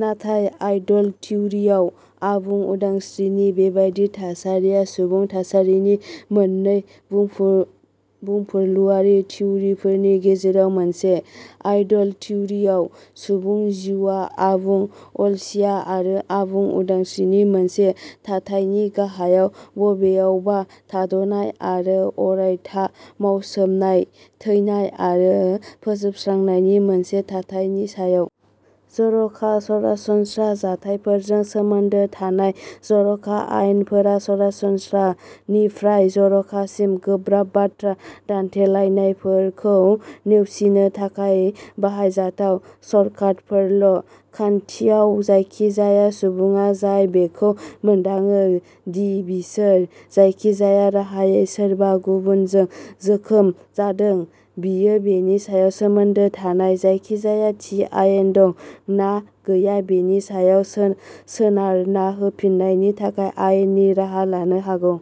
नाथाय आइडल थिउरियाव आबुं उदांस्रिनि बेबादि थासारिया सुबुं थासारिनि मोननै बुंफुरलुआरि थिउरिफोरनि गेजेराव मोनसे। आइडल थिउरियाव, सुबुं जिउआ आबुं अलसिया आरो आबुं उदांस्रिनि मोनसे थाथायनि गाहायाव बबेयावबा थाद'नाय आरो अरायथा मावसोमनाय, थैनाय आरो फोजोबस्रांनायनि मोनसे थाथायनि सायाव। जर'खा सरासनस्रा जाथायफोरजों सोमोन्दो थानाय जर'खा आयेनफोरा सरासनस्रा निफ्राय जर'खासिम गोब्राब बाथ्रा दान्थेलायनायफोरखौ नेवसिनो थाखाय बाहायजाथाव शर्टकाटफोरल'। खान्थियाव, जायखिजाया सुबुंङा जाय बेखौ मोनदांङो दि बिसोर जायखिजाया राहायै सोरबा गुबुनजों जोखोम जादों, बियो बेनि सायाव सोमोन्दो थानाय जायखिजाया थि आयेन दं ना गैया बेनि सायाव सोनारना होफिन्नायनि थाखाय आयेननि राहा लानो हागौ।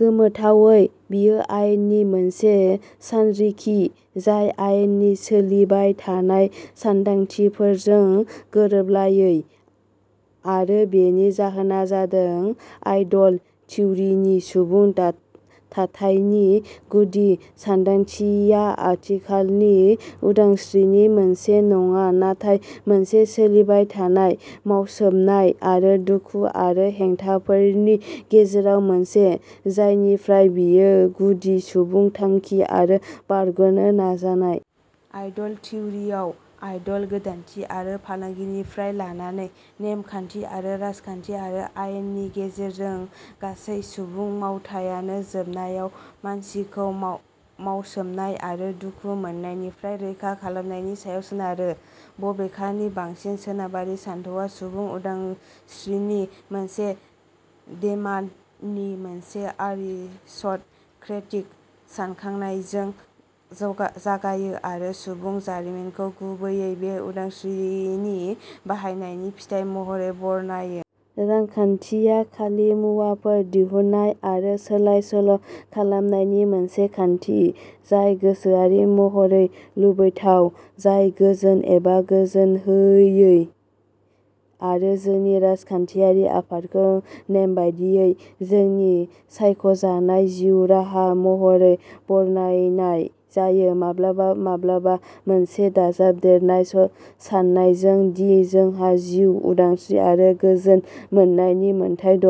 गोमोथावै, बेयो आयेननि मोनसे सानरिखि जाय आयेननि सोलिबाय थानाय सानदांथिफोरजों गोरोबलायै। आरो बेनि जाहोना जादों आइडल थिउरिनि सुबुं थाथायनि गुदि सानदांथिया आथिखालनि उदांस्रिनि मोनसे नंङा, नाथाय मोनसे सोलिबाय थानाय मावसोमनाय आरो दुखु आरो हेंथाफोरनि गेजेराव मोनसे, जायनिफ्राय बेयो गुदि सुबुं थांखि आरो बारग'नो नाजानाय। आइडल थिउरियाव, आइडल गोदानथि आरो फालांगिनिफ्राय लानानै, नेम खान्थि आरो राजखान्थि आरो आयेननि गेजेरजों, गासै सुबुं मावथायानो जोबनायाव मानसिखौ मावसोमनाय आरो दुखु मोन्नायनिफ्राय रैखा खालामनायनि सायाव सोनारो। बबेखानि, बांसिन सोनाबारि सानथौआ सुबुं उदांस्रिनि मोनसे डेटामनि मोनसे आरिस्ट'क्रेटिक सानखांनायजों जागायो, आरो सुबुं जारिमिनखौ गुबैयै बे उदांस्रिनि बाहायनायनि फिथाइ महरै बरनायो। रांखान्थिया खालि मुवाफोर दिहुन्नाय आरो सोलाय-सोल'खालामनायनि मोनसे खान्थि, जाय गोसोआरि महरै लुबैथाव, जाय गोजोन एबा गोजोन होयै। आरो जोंनि राजखान्थियारि आफादखौ नेमबादियै "जोंनि सायख'जानाय जिउ राहा" महरै बरनायनाय जायो, माब्लाबा माब्लाबा मोनसे दाजाबदेरनाय सान्नायजों दि जोंहा "जिउ, उदांस्रि आरो गोजोन मोन्नायनि मोन्थाइ दं"।